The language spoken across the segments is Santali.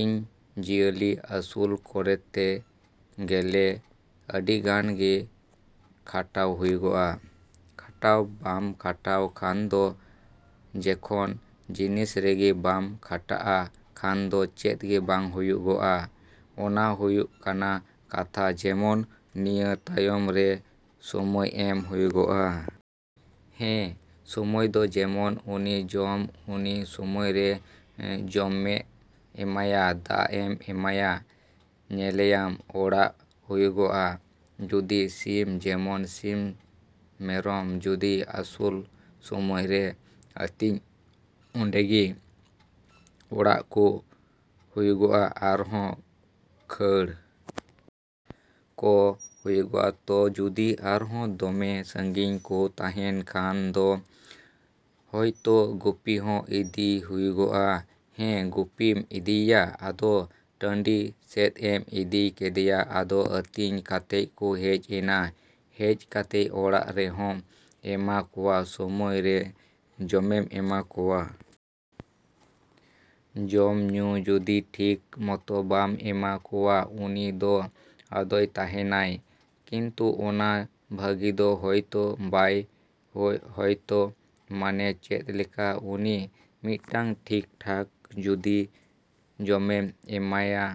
‎ᱤᱧ ᱡᱤᱭᱟᱹᱞᱤ ᱟᱹᱥᱩᱞ ᱠᱚᱨᱛᱮ ᱜᱮᱞᱮ ᱟᱹᱰᱤᱜᱟᱱ ᱜᱮ ᱠᱷᱟᱴᱟᱣ ᱦᱩᱭᱩᱜᱼᱟ᱾ ᱠᱷᱟᱴᱟᱣ ᱵᱟᱢ ᱠᱷᱟᱴᱟᱜ ᱠᱷᱟᱱ ᱫᱚ ᱡᱮᱠᱚᱱᱚ ᱡᱤᱱᱤᱥ ᱨᱮᱜᱮ ᱵᱟᱢ ᱠᱷᱟᱴᱟᱜ ᱠᱷᱟᱱ ᱫᱚ ᱪᱮᱫ ᱜᱮ ᱵᱟᱝ ᱦᱩᱭᱩᱜᱼᱟ᱾ ᱚᱱᱟ ᱦᱩᱭᱩᱜ ᱠᱟᱱᱟ ᱠᱟᱛᱷᱟ᱾ ᱡᱮᱢᱚᱱ ᱱᱤᱭᱟᱹ ᱛᱟᱭᱚᱢ ᱨᱮ ᱥᱚᱢᱚᱭ ᱮᱢ ᱦᱩᱭᱩᱜᱼᱟ᱾ ᱦᱮᱸ, ᱥᱚᱢᱚᱭ ᱫᱚ ᱡᱮᱢᱚᱱ ᱩᱱᱤ ᱡᱚᱢ ᱩᱱᱤ ᱥᱚᱢᱚᱭ ᱨᱮ ᱡᱚᱢᱮᱢ ᱮᱢᱟᱭᱟ, ᱫᱟᱜ ᱮᱢ ᱮᱢᱟᱭᱟ, ᱧᱮᱞᱮᱭᱟᱢ, ᱟᱲᱟᱜ ᱦᱩᱭᱩᱜᱼᱟ᱾ ᱡᱩᱫᱤ ᱥᱤᱢ ᱡᱮᱢᱚᱱ ᱥᱤᱢ ᱢᱮᱨᱚᱢ ᱡᱩᱫᱤ ᱟᱹᱥᱩᱞ ᱥᱚᱢᱚᱭ ᱨᱮ ᱟᱹᱛᱤᱧ ᱚᱸᱰᱮ ᱜᱮ ᱟᱲᱟᱜ ᱠᱚ ᱦᱩᱭᱩᱜᱼᱟ ᱟᱨᱦᱚᱸ ᱠᱷᱟ.ᱲ ᱠᱚ ᱦᱩᱭᱩᱜᱼᱟ᱾ ᱛᱚ ᱡᱩᱫᱤ ᱟᱨᱦᱚᱸ ᱫᱚᱢᱮ ᱥᱟᱺᱜᱤᱧ ᱠᱚ ᱛᱟᱦᱮᱱ ᱠᱷᱟᱱ ᱫᱚ ᱦᱚᱭᱛᱚ ᱜᱩᱯᱤ ᱦᱚᱸ ᱤᱫᱤᱭ ᱦᱩᱭᱩᱜᱼᱟ᱾ ᱦᱮᱸ, ᱜᱩᱯᱤᱢ ᱤᱫᱤᱭᱟ᱾ ᱟᱫᱚ ᱴᱟᱺᱰᱤ ᱥᱮᱫ ᱮᱢ ᱤᱫᱤ ᱠᱮᱫᱮᱭᱟ᱾ ᱟᱫᱚ ᱟᱹᱛᱤᱧ ᱠᱟᱛᱮ ᱠᱚ ᱦᱮᱡ ᱮᱱᱟ᱾ ᱦᱮᱡ ᱠᱟᱛᱮ ᱚᱲᱟᱜ ᱨᱮᱦᱚᱸᱢ ᱮᱢᱟ ᱠᱚᱣᱟ, ᱥᱚᱢᱚᱭ ᱨᱮ ᱡᱚᱢᱮᱢ ᱮᱢᱟ ᱠᱚᱣᱟ᱾ ᱡᱚᱢᱼᱧᱩ ᱡᱩᱫᱤ ᱴᱷᱤᱠ ᱢᱚᱛᱚ ᱵᱟᱢ ᱮᱢᱟ ᱠᱚᱣᱟ, ᱩᱱᱤ ᱫᱚ ᱟᱫᱚ ᱛᱟᱦᱮᱱᱟᱭ ᱠᱤᱱᱛᱩ ᱚᱱᱠᱟ ᱵᱷᱟᱹᱜᱤ ᱫᱚ ᱦᱚᱭᱛᱚ ᱵᱟᱭ ᱦᱚᱭᱛᱚ ᱢᱟᱱᱮ ᱪᱮᱫ ᱞᱮᱠᱟ ᱩᱱᱤ ᱢᱤᱫᱴᱟᱝ ᱴᱷᱤᱠ ᱴᱷᱟᱠ ᱡᱩᱫᱤ ᱡᱚᱢᱮᱢ ᱮᱢᱟ ᱟᱭᱟ,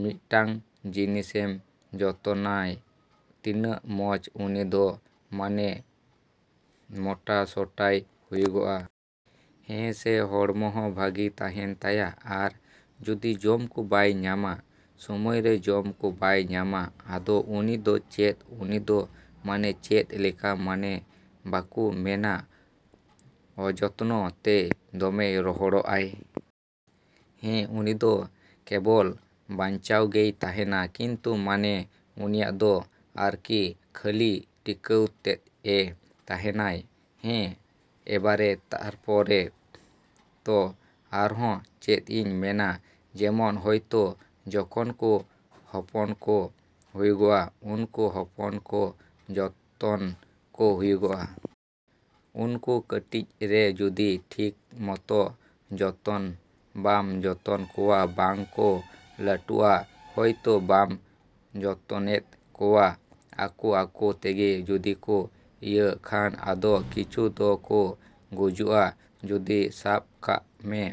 ᱢᱤᱫᱴᱟᱝ ᱡᱤᱱᱤᱥᱮᱢ ᱡᱚᱛᱱᱚᱭᱟ, ᱛᱤᱱᱟᱹᱜ ᱢᱚᱡᱽ ᱩᱱᱤ ᱫᱚ ᱢᱟᱱᱮ ᱢᱚᱴᱟᱥᱚᱴᱟᱭ ᱦᱩᱭᱩᱜᱼᱟ᱾ ᱦᱮᱸ ᱥᱮ ᱦᱚᱲᱢᱚ ᱦᱚᱸ ᱵᱷᱟᱹᱜᱤ ᱛᱟᱦᱮᱱ ᱛᱟᱭᱟ᱾ ᱟᱨ ᱡᱩᱫᱤ ᱡᱚᱢ ᱠᱚ ᱵᱟᱭ ᱧᱟᱢᱟ, ᱥᱚᱢᱚᱭ ᱨᱮ ᱡᱚᱢ ᱠᱚ ᱵᱟᱭ ᱧᱟᱢᱟ, ᱟᱫᱚ ᱩᱱᱤ ᱫᱚ ᱪᱮᱫ? ᱩᱱᱤ ᱫᱚ ᱢᱟᱱᱮ ᱪᱮᱫ ᱞᱮᱠᱟ ᱢᱟᱱᱮ ᱵᱟᱠᱚ ᱢᱮᱱᱟ ᱚᱡᱚᱛᱱᱚ ᱛᱮ ᱫᱚᱢᱮ ᱨᱚᱦᱚᱲᱚᱜᱼᱟᱭ᱾ ᱦᱮᱸ, ᱩᱱᱤ ᱫᱚ ᱠᱮᱵᱚᱞ ᱵᱟᱧᱪᱟᱣ ᱜᱮᱭ ᱛᱟᱦᱮᱱᱟ ᱠᱤᱱᱛᱩ ᱢᱟᱱᱮ ᱩᱱᱤᱭᱟᱜ ᱫᱚ ᱟᱨᱠᱤ ᱠᱷᱟᱹᱞᱤ ᱴᱤᱠᱟᱹᱣ ᱛᱮᱫ ᱮ ᱛᱟᱦᱮᱱᱟᱭ᱾ ᱦᱮᱸ, ᱮᱵᱟᱨᱮ ᱛᱟᱨᱯᱚᱨᱮ ᱛᱚ ᱟᱨᱦᱚᱸ ᱪᱮᱫ ᱤᱧ ᱢᱮᱱᱟ ᱡᱮᱢᱚᱱ ᱦᱚᱭᱛᱚ ᱡᱚᱠᱷᱚᱱ ᱠᱚ ᱦᱚᱯᱚᱱ ᱠᱚ ᱦᱩᱭᱩᱜᱼᱟ, ᱩᱱᱠᱩ ᱦᱚᱯᱚᱱ ᱠᱚ ᱡᱚᱛᱱᱚ ᱠᱚ ᱦᱩᱭᱩᱜᱼᱟ᱾ ᱩᱱᱠᱩ ᱠᱟᱹᱴᱤᱡ ᱨᱮ ᱡᱩᱫᱤ ᱴᱷᱤᱠ ᱢᱚᱛᱚ ᱡᱚᱛᱱᱚ ᱵᱟᱢ ᱡᱚᱛᱱᱚ ᱠᱚᱣᱟ, ᱵᱟᱝ ᱠᱚ ᱞᱟᱹᱴᱩᱜᱼᱟ᱾ ᱦᱚᱭᱛᱚ ᱵᱟᱢ ᱡᱚᱛᱱᱚᱭᱮᱫ ᱠᱚᱣᱟ, ᱟᱠᱚ ᱟᱠᱚ ᱛᱮᱜᱮ ᱡᱩᱫᱤ ᱠᱚ ᱤᱭᱟᱹ ᱠᱷᱟᱱ ᱟᱫᱚ ᱠᱤᱪᱷᱩ ᱫᱚ ᱠᱚ ᱜᱩᱡᱩᱜᱼᱟ᱾ ᱡᱩᱫᱤ ᱥᱟᱵ ᱠᱟᱜ ᱢᱮ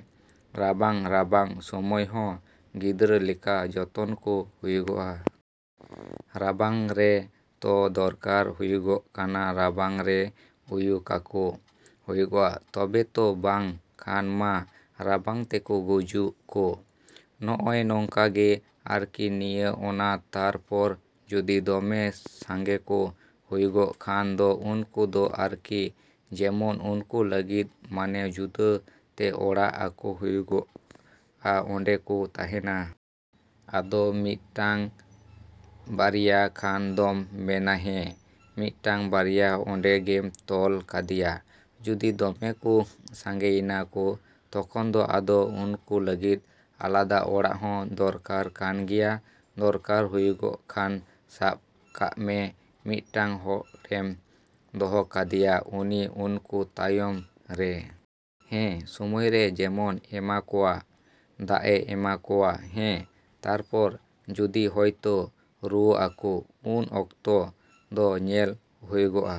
ᱨᱟᱵᱟᱝ ᱨᱟᱵᱟᱝ ᱥᱚᱢᱚᱭ ᱦᱚᱸ ᱜᱤᱫᱽᱨᱟᱹ ᱞᱮᱠᱟ ᱡᱚᱛᱱᱚ ᱠᱚ ᱦᱩᱭᱩᱜᱼᱟ᱾ ᱨᱟᱵᱟᱝ ᱨᱮ ᱛᱚ ᱫᱚᱨᱠᱟᱨ ᱦᱩᱭᱩᱜ ᱠᱷᱟᱱ ᱨᱟᱵᱟᱝ ᱨᱮ ᱩᱭᱩ ᱠᱟᱠᱚ ᱦᱩᱭᱩᱜᱼᱟ᱾ ᱛᱚᱵᱮ ᱛᱚ ᱵᱟᱝ ᱠᱷᱟᱱ ᱢᱟ ᱨᱟᱵᱟᱝ ᱛᱮ ᱠᱚ ᱜᱚᱡᱩᱜᱼᱟ ᱠᱚ᱾ ᱱᱚᱜᱼᱚᱭ ᱱᱚᱝᱠᱟ ᱜᱮ ᱟᱨᱠᱤ ᱱᱤᱭᱟᱹ ᱚᱱᱟ ᱛᱟᱨᱯᱚᱨ ᱡᱩᱫᱤ ᱫᱚᱢᱮ ᱥᱟᱸᱜᱮ ᱠᱚ ᱦᱩᱭᱩᱜ ᱠᱷᱟᱱ ᱫᱚ ᱩᱱᱠᱩ ᱫᱚ ᱟᱨᱠᱤ ᱡᱮᱢᱚᱱ ᱩᱱᱠᱩ ᱞᱟᱹᱜᱤᱫ ᱢᱟᱱᱮ ᱡᱩᱫᱟᱹ ᱛᱮ ᱚᱲᱟᱜ ᱟᱠᱚ ᱦᱩᱭᱩᱜᱼᱟ, ᱚᱸᱰᱮ ᱠᱚ ᱛᱟᱦᱮᱱᱟ᱾ ᱟᱫᱚ ᱢᱤᱫᱴᱟᱝ ᱵᱟᱨᱭᱟ ᱠᱷᱟᱱ ᱫᱚᱢ ᱢᱮᱱᱟ ᱦᱮᱸ, ᱢᱤᱫᱴᱟᱝ ᱵᱟᱨᱭᱟ ᱚᱸᱰᱮ ᱜᱮᱢ ᱛᱚᱞ ᱠᱟᱫᱮᱭᱟ᱾ ᱡᱩᱫᱤ ᱫᱚᱢᱮ ᱠᱚ ᱥᱟᱸᱜᱮᱭᱮᱱᱟ ᱠᱚ, ᱛᱚᱠᱷᱚᱱ ᱫᱚ ᱟᱫᱚ ᱩᱱᱠᱩ ᱞᱟᱹᱜᱤᱫ ᱟᱞᱟᱫᱟ ᱚᱲᱟᱜ ᱦᱚᱸ ᱫᱚᱨᱠᱟᱨ ᱠᱟᱱ ᱜᱮᱭᱟ᱾ ᱫᱚᱨᱠᱟᱨ ᱦᱩᱭᱩᱜ ᱠᱷᱟᱱ ᱥᱟᱵ ᱠᱟᱜ ᱢᱮ ᱢᱤᱫᱴᱟᱹᱝ ᱦᱚᱲᱮᱢ ᱫᱚᱦᱚ ᱠᱟᱫᱮᱭᱟ ᱩᱱᱤ ᱩᱱᱠᱩ ᱛᱟᱭᱱᱚᱢ ᱨᱮ᱾ ᱦᱮᱸ, ᱥᱚᱢᱚᱭ ᱨᱮ ᱡᱚᱢᱮ ᱮᱢᱟ ᱠᱚᱣᱟ, ᱫᱟᱜ ᱮ ᱮᱢᱟ ᱠᱚᱣᱟ᱾ ᱦᱮᱸ, ᱛᱟᱨᱯᱚᱨ ᱡᱩᱫᱤ ᱦᱚᱭᱛᱚ ᱨᱩᱣᱟᱹᱜ ᱟᱠᱚ ᱩᱱ ᱚᱠᱛᱚ ᱫᱚ ᱧᱮᱞ ᱦᱳᱭᱳᱜᱼᱟ᱾